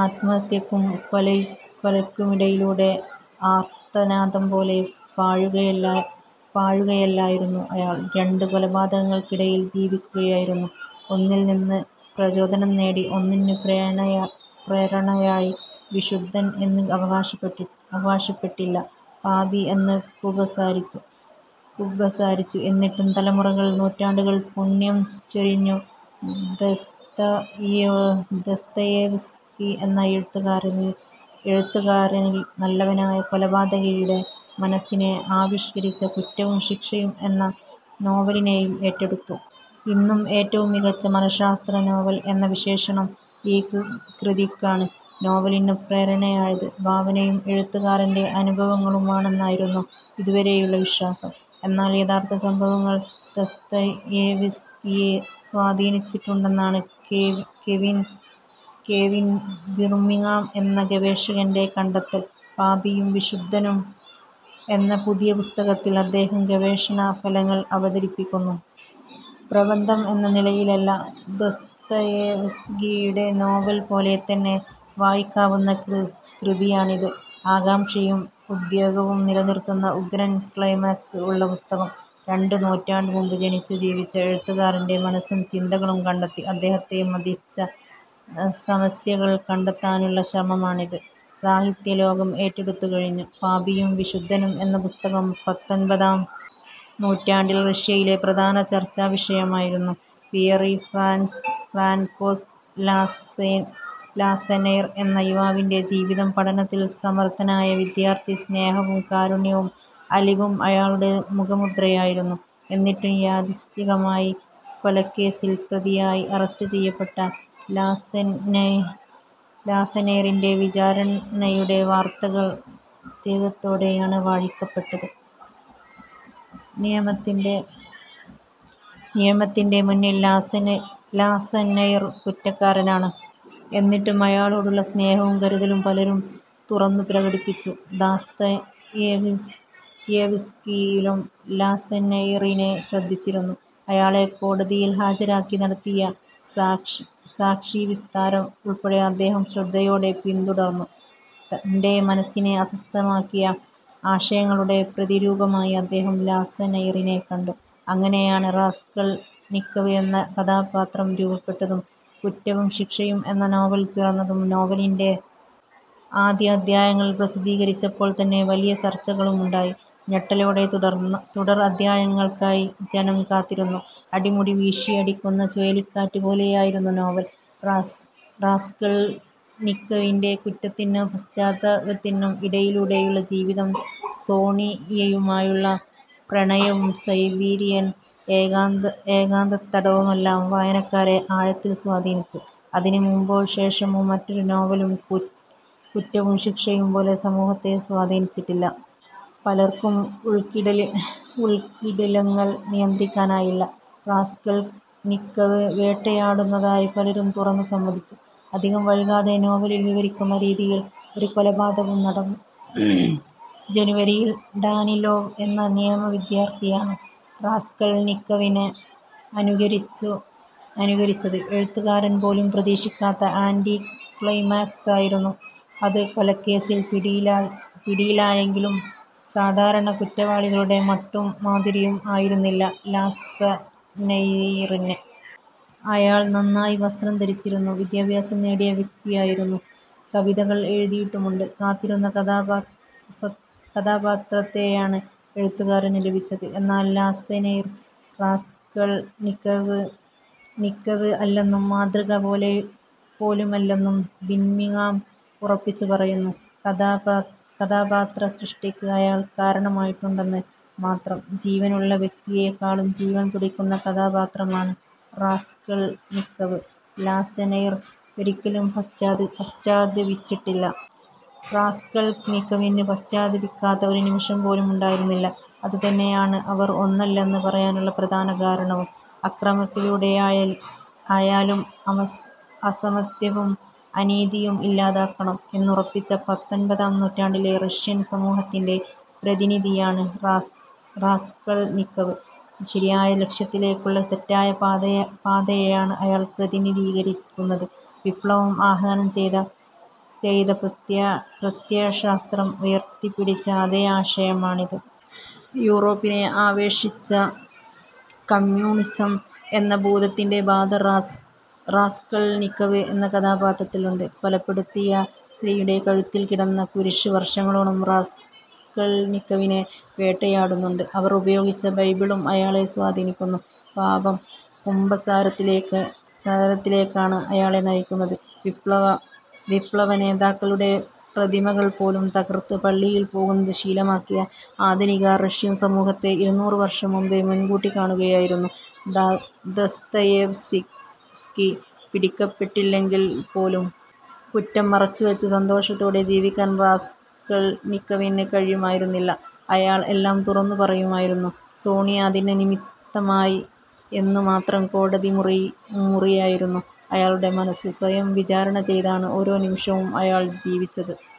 ആത്മഹത്യയ്ക്കും കൊലയ്ക്കുമിടയിലൂടെ ആർത്തനാദം പോലെ പായുകയല്ലായിരുന്നു അയാൾ. രണ്ടു കൊലപാതകങ്ങൾക്കിടയിൽ ജീവിക്കുകയായിരുന്നു. ഒന്നിൽ നിന്ന് പ്രചോദനം നേടി. ഒന്നിന് പ്രേരണയായി. വിശുദ്ധൻ എന്ന് അവകാശപ്പെട്ടില്ല. പാപി എന്ന് കുമ്പസാരിച്ചു. എന്നിട്ടും തലമുറകൾ നൂറ്റാണ്ടുകൾ പുണ്യം ചൊരിഞ്ഞു ദസ്തയേവ്സ്കി എന്ന എഴുത്തുകാരനിൽ. നല്ലവനായ കൊലപാതകിയുടെ മനസ്സിനെ ആവിഷ്കരിച്ച കുറ്റവും ശിക്ഷയും എന്ന നോവലിനെയും ഏറ്റെടുത്തു. ഇന്നും ഏറ്റവും മികച്ച മനഃശാസ്ത്ര നോവൽ എന്ന വിശേഷണം ഈ കൃതിക്കാണ്. നോവലിനു പ്രേരണയായത് ഭാവനയും എഴുത്തുകാരന്റെ അനുഭവങ്ങളുമാണെന്നായിരുന്നു ഇതുവരെയുള്ള വിശ്വാസം. എന്നാൽ യഥാർഥ സംഭവങ്ങൾ ദസ്തയേവ്സ്കിയെ സ്വാധീനിച്ചിട്ടുണ്ടെന്നാണ് കെവിൻ ബിർമിങ്ങാം എന്ന ഗവേഷകന്റെ കണ്ടെത്തൽ. പാപിയും വിശുദ്ധനും എന്ന പുതിയ പുസ്തകത്തിൽ അദ്ദേഹം ഗവേഷണ ഫലങ്ങൾ അവതരിപ്പിക്കുന്നു. പ്രബന്ധം എന്ന നിലയിലല്ല. ദസ്തയേവ്സ്കിയുടെ നോവൽ പോലെ തന്നെ വായിക്കാവുന്ന കൃതിയാണിത്. ആകാംക്ഷയും ഉദ്വേഗവും നിലനിർത്തുന്ന ഉഗ്രൻ ക്ലൈമാക്സ് ഉള്ള പുസ്തകം. രണ്ടു നൂറ്റാണ്ട് മുമ്പ് ജനിച്ചു ജീവിച്ച എഴുത്തുകാരന്റെ മനസ്സും ചിന്തകളും കണ്ടെത്തി അദ്ദേഹത്തെ മഥിച്ച സമസ്യകൾ കണ്ടെത്താനുള്ള ശ്രമമാണിത്. സാഹിത്യലോകം ഏറ്റെടുത്തുകഴിഞ്ഞു പാപിയും വിശുദ്ധനും എന്ന പുസ്തകം. പത്തൊൻപതാം നൂറ്റാണ്ടിൽ റഷ്യയിലെ പ്രധാന ചർച്ചാവിഷയമായിരുന്നു പിയറി ഫ്രാൻകോസ് ലാസനൈർ എന്ന യുവാവിന്റെ ജീവിതം. പഠനത്തിൽ സമർഥനായ വിദ്യാർഥി. സ്നേഹവും കാരുണ്യവും അലിവും അയാളുടെ മുഖമുദ്രയായിരുന്നു. എന്നിട്ടും യാദൃച്ഛികമായി കൊലക്കേസിൽ പ്രതിയായി. അറസ്റ്റ് ചെയ്യപ്പെട്ട ലാസനൈറിന്റെ വിചാരണയുടെ വാർത്തകൾ ഉദ്വേഗത്തോടെയാണ് വായിക്കപ്പെട്ടത്. നിയമത്തിന്റെ മുന്നിൽ ലാസനൈർ കുറ്റക്കാരനാണ്. എന്നിട്ടും അയാളോടുള്ള സ്നേഹവും കരുതലും പലരും തുറന്നുപ്രകടിപ്പിച്ചു. ദസ്തയേവ്സ്കിയും ലാസനൈറിനെ ശ്രദ്ധിച്ചിരുന്നു. അയാളെ കോടതിയിൽ ഹാജരാക്കി നടത്തിയ സാക്ഷിവിസ്താരം ഉൾപ്പെടെ അദ്ദേഹം ശ്രദ്ധയോടെ പിന്തുടർന്നു. തന്റെ മനസ്സിനെ അസ്വസ്ഥമാക്കിയ ആശയങ്ങളുടെ പ്രതിരൂപമായി അദ്ദേഹം ലാസനൈറിനെ കണ്ടു. അങ്ങനെയാണ് റാസ്കൾനിക്കവ് എന്ന കഥാപാത്രം രൂപപ്പെട്ടതും കുറ്റവും ശിക്ഷയും എന്ന നോവൽ പിറന്നതും. നോവലിന്റെ ആദ്യ അധ്യായങ്ങൾ പ്രസിദ്ധീകരിച്ചപ്പോൾ തന്നെ വലിയ ചർച്ചകളുമുണ്ടായി. ഞെട്ടലോടെ തുടർ അധ്യായങ്ങൾക്കായി ജനം കാത്തിരുന്നു. അടിമുടി വീശിയടിക്കുന്ന ചുഴലിക്കാറ്റ് പോലെയായിരുന്നു നോവൽ. റാസ്കൾനിക്കവിന്റെ കുറ്റത്തിനും പശ്ചാത്താപത്തിനും ഇടയിലൂടെയുള്ള ജീവിതവും സോണിയയുമായുള്ള പ്രണയവും സൈബീരിയൻ ഏകാന്തത്തടവുമെല്ലാം വായനക്കാരെ ആഴത്തിൽ സ്വാധീനിച്ചു. അതിനു മുമ്പോ ശേഷമോ മറ്റൊരു നോവലും കുറ്റവും ശിക്ഷയും പോലെ സമൂഹത്തെ സ്വാധീനിച്ചിട്ടില്ല. പലർക്കും ഉൾക്കിടിലങ്ങൾ നിയന്ത്രിക്കാനായില്ല. റാസ്കൾനിക്കവ് വേട്ടയാടുന്നതായി പലരും തുറന്നുസമ്മതിച്ചു. അധികം വൈകാതെ നോവലിൽ വിവരിക്കുന്ന രീതിയിൽ ഒരു കൊലപാതകവും നടന്നു. ജനുവരിയിൽ ഡാനിലോവ് എന്ന നിയമ വിദ്യാർഥിയാണ് റാസ്കൾനിക്കവിനെ അനുകരിച്ചത്. എഴുത്തുകാരൻ പോലും പ്രതീക്ഷിക്കാത്ത ആന്റി ക്ലൈമാക്സായിരുന്നു അത്. കൊലക്കേസിൽ പിടിയിലായെങ്കിലും സാധാരണ കുറ്റവാളികളുടെ മട്ടും മാതിരിയും ആയിരുന്നില്ല ലാസനൈറിന്. അയാൾ നന്നായി വസ്ത്രം ധരിച്ചിരുന്നു. വിദ്യാഭ്യാസം നേടിയ വ്യക്തിയായിരുന്നു. കവിതകൾ എഴുതിയിട്ടുമുണ്ട്. കാത്തിരുന്ന കഥാപാത്രത്തെയാണ് എഴുത്തുകാരന് ലഭിച്ചത്. എന്നാൽ ലാസനൈർ റാസ്കൾനിക്കവ് അല്ലെന്നും മാതൃക പോലുമല്ലെന്നും ബിർമിങ്ങാം ഉറപ്പിച്ചു പറയുന്നു. കഥാപാത്ര സൃഷ്ടിക്ക് അയാൾ കാരണമായിട്ടുണ്ടെന്നു മാത്രം. ജീവനുള്ള വ്യക്തിയേക്കാളും ജീവൻ തുടിക്കുന്ന കഥാപാത്രമാണ് റാസ്കൾനിക്കവ്. ലാസനൈർ ഒരിക്കലും പശ്ചാത്തപിച്ചില്ല. റാസ്കൾനിക്കവിന് പശ്ചാത്തപിക്കാത്ത ഒരു നിമിഷം പോലും ഉണ്ടായിരുന്നില്ല. അതുതന്നെയാണ് അവർ ഒന്നല്ലെന്ന് പറയാനുള്ള പ്രധാന കാരണവും. അക്രമത്തിലൂടെയായാലും അസമത്വവും അനീതിയും ഇല്ലാതാക്കണം എന്നുറപ്പിച്ച പത്തൊൻപതാം നൂറ്റാണ്ടിലെ റഷ്യൻ സമൂഹത്തിന്റെ പ്രതിനിധിയാണ് റാസ്കൾനിക്കവ്. ശരിയായ ലക്ഷ്യത്തിലേക്കുള്ള തെറ്റായ പാതയെയാണ് അയാൾ പ്രതിനിധീകരിക്കുന്നത്. വിപ്ലവം ആഹ്വാനം ചെയ്ത പ്രത്യയശാസ്ത്രം ഉയർത്തിപ്പിടിച്ച അതേ ആശയമാണിത്. യൂറോപ്പിനെ ആവേശിച്ച കമ്മ്യൂണിസം എന്ന ഭൂതത്തിന്റെ ബാധ റാസ്കൾനിക്കവ് എന്ന കഥാപാത്രത്തിലുണ്ട്. കൊലപ്പെടുത്തിയ സ്ത്രീയുടെ കഴുത്തിൽ കിടന്ന കുരിശ് വർഷങ്ങളോളം റാസ്കൾനിക്കവിനെ വേട്ടയാടുന്നുണ്ട്. അവർ ഉപയോഗിച്ച ബൈബിളും അയാളെ സ്വാധീനിക്കുന്നു. പാപം കുമ്പസാരത്തിലേക്കാണ് അയാളെ നയിക്കുന്നത്. വിപ്ലവനേതാക്കളുടെ പ്രതിമകൾ പോലും തകർത്ത് പള്ളിയിൽ പോകുന്നത് ശീലമാക്കിയ ആധുനിക റഷ്യൻ സമൂഹത്തെ ഇരുനൂറ് വർഷം മുമ്പേ മുൻകൂട്ടി കാണുകയായിരുന്നു ദസ്തയേവ്സ്കി. പിടിക്കപ്പെട്ടില്ലെങ്കിൽപ്പോലും കുറ്റം മറച്ചുവച്ച് സന്തോഷത്തോടെ ജീവിക്കാൻ റാസ്കൾനിക്കവിന് കഴിയുമായിരുന്നില്ല. അയാൾ എല്ലാം തുറന്നുപറയുമായിരുന്നു. സോണിയ അതിന് നിമിത്തമായി എന്നു മാത്രം. കോടതിമുറിയായിരുന്നു അയാളുടെ മനസ്സ്. സ്വയം വിചാരണ ചെയ്താണ് ഓരോ നിമിഷവും അയാൾ ജീവിച്ചത്.